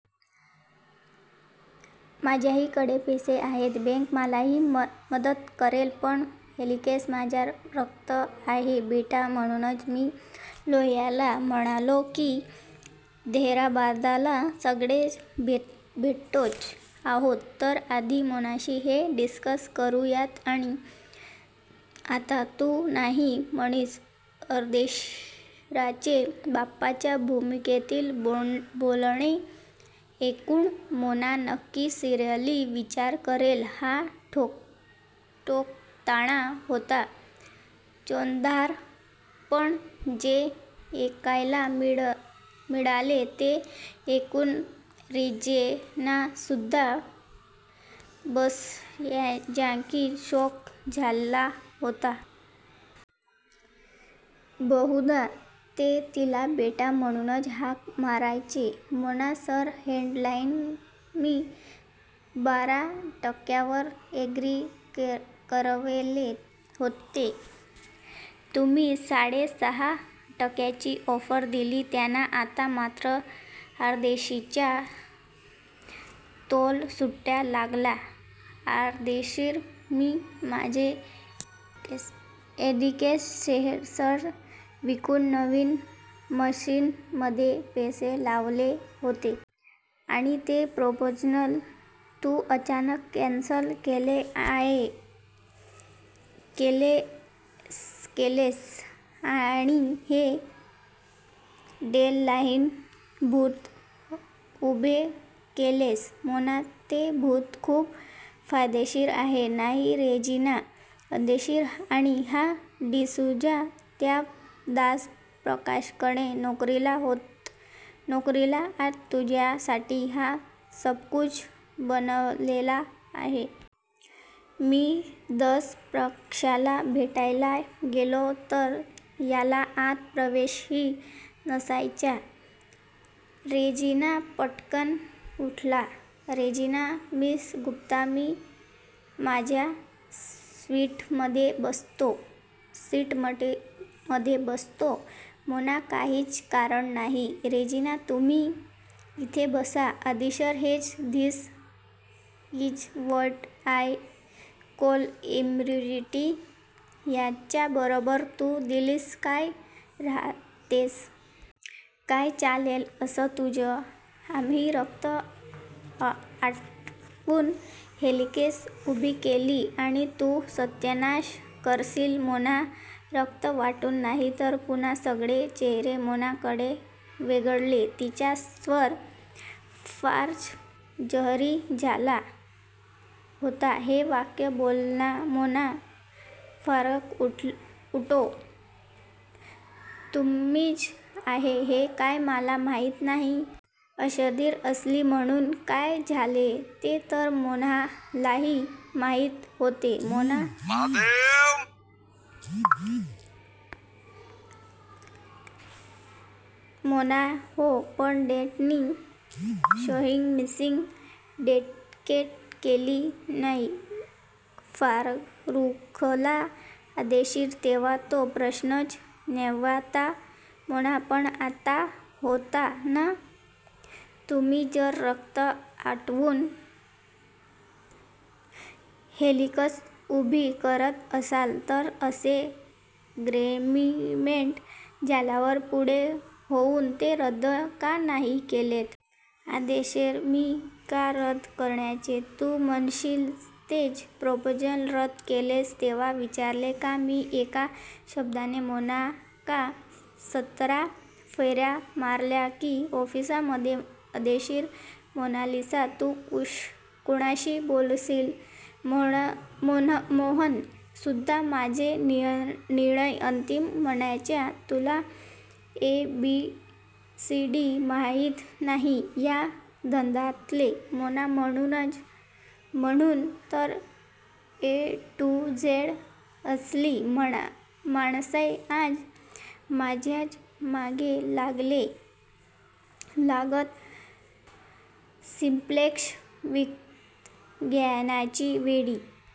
माझ्याहीकडे पैसे आहेत. बॅन्क मलाही मदत करेल पण हेलिक्स माझ्या रक्तात आहे बेटा, म्हणूनच मी लोहियाला म्हणालो की हैदराबादला सगळे भेटतोच आहोत तर आधी मोनाशी हे डिस्कस करूयात आणि आता तू नाही म्हणतीयस, अर्देशीरांचे 'बापाच्या' भूमिकेतील बोलणे ऐकून मोना नक्कीच सिरियसली विचार करेल हा ठोकताळा होता चौघांचा पण जे ऐकायला मिळाले ते ऐकून रेजिनासुद्धा बसल्याजागी शॉक्ड झालेला होता. बहुधा ते तिला 'बेटा' म्हणूनच हाक मारायचे. मोना सर, डॅनलाईनला मी बारा टक्यांवर अॅग्री करवलेले होते. तुम्ही साडे सहा टक्यांची ऑफर दिलीत त्यांना आता मात्र अर्देशीरांचा तोल सुटू लागला. अर्देशीर मी माझे हेलिक्सचे शेअर्स विकून नवीन मशीन्समध्ये पैसे लावलेले होते. आणि ते प्रपोजल तू अचानक कॅन्सल केलेस आणि हे डॅनलाईनचे भूत उभे केलेस. मोना ते भूत खूप फायदेशीर आहे. नाही रेजिना? अर्देशीर आणि हा डिसूझा, त्या दासप्रकाशकडे नोकरीला होता नोकरीला. आज तुझ्यासाठी हा सबकुछ बनलेला आहे. मी दासप्रकाशला भेटायला गेलो तर याला आत प्रवेशही नसायचा. रेजिना पटकन उठला, रेजिना मिस गुप्ता, मी माझ्या स्विटमध्ये बसतो. मोना काहीच कारण नाही रेजिना तुम्ही इथेच बसा. अर्देशीर हेच. This is what I call immaturity याच्याबरोबर तू दिल्लीत काय राहतेस. काय चाललेलं असतं तुझं? आम्ही रक्त आटवून हेलिक्स उभी केली आणि तू सत्यानाश करतीयस. मोना रक्त आटवून नाही सर, पुन्हा सगळे चेहरे मोनाकडे वळले. तिचा स्वर फारच जहरी झाला होता हे वाक्य बोलताना मोना फारुख ऑटो तुमचीच आहे हे काय मला माहीत नाही? अर्देशीर असली म्हणून काय झाले? ते तर मोहनलाही माहीत होते. मोना हो पण डॅडनी शेव्हिंग मशीन्स डेडिकेट केलेली नव्हती फारुखला. अर्देशीर तेव्हा तो प्रश्नच नव्हता मोना पण आत्ता होता .ना? तुम्ही जर रक्त आटवून 'हेलिक्स' उभी करत असाल तर असे अॅग्रीमेन्ट झाल्यावर पुढे होऊन ते रद्द का नाही केलेत? अर्देशीर मी का रद्द करायचे? तू मशीन्सचे प्रपोजल रद्द केलेस तेव्हा विचारले का मी एका शब्दाने? मोना का?? सतरा फेर्या मारल्यात की ऑफीसमध्ये, अर्देशीर मोनालिसा तू कुणाशी बोलतीयस? मोहन सुद्धा माझे निर्णय अंतीम मानायचा तुला ए बी सी डी माहीत नाही या धंद्यातले, मोना म्हणून तर ए टू झेड असलेली माणसे आज माझ्याच मागे लागतात सिम्प्लेक्स विकत घ्यायच्यावेळी.--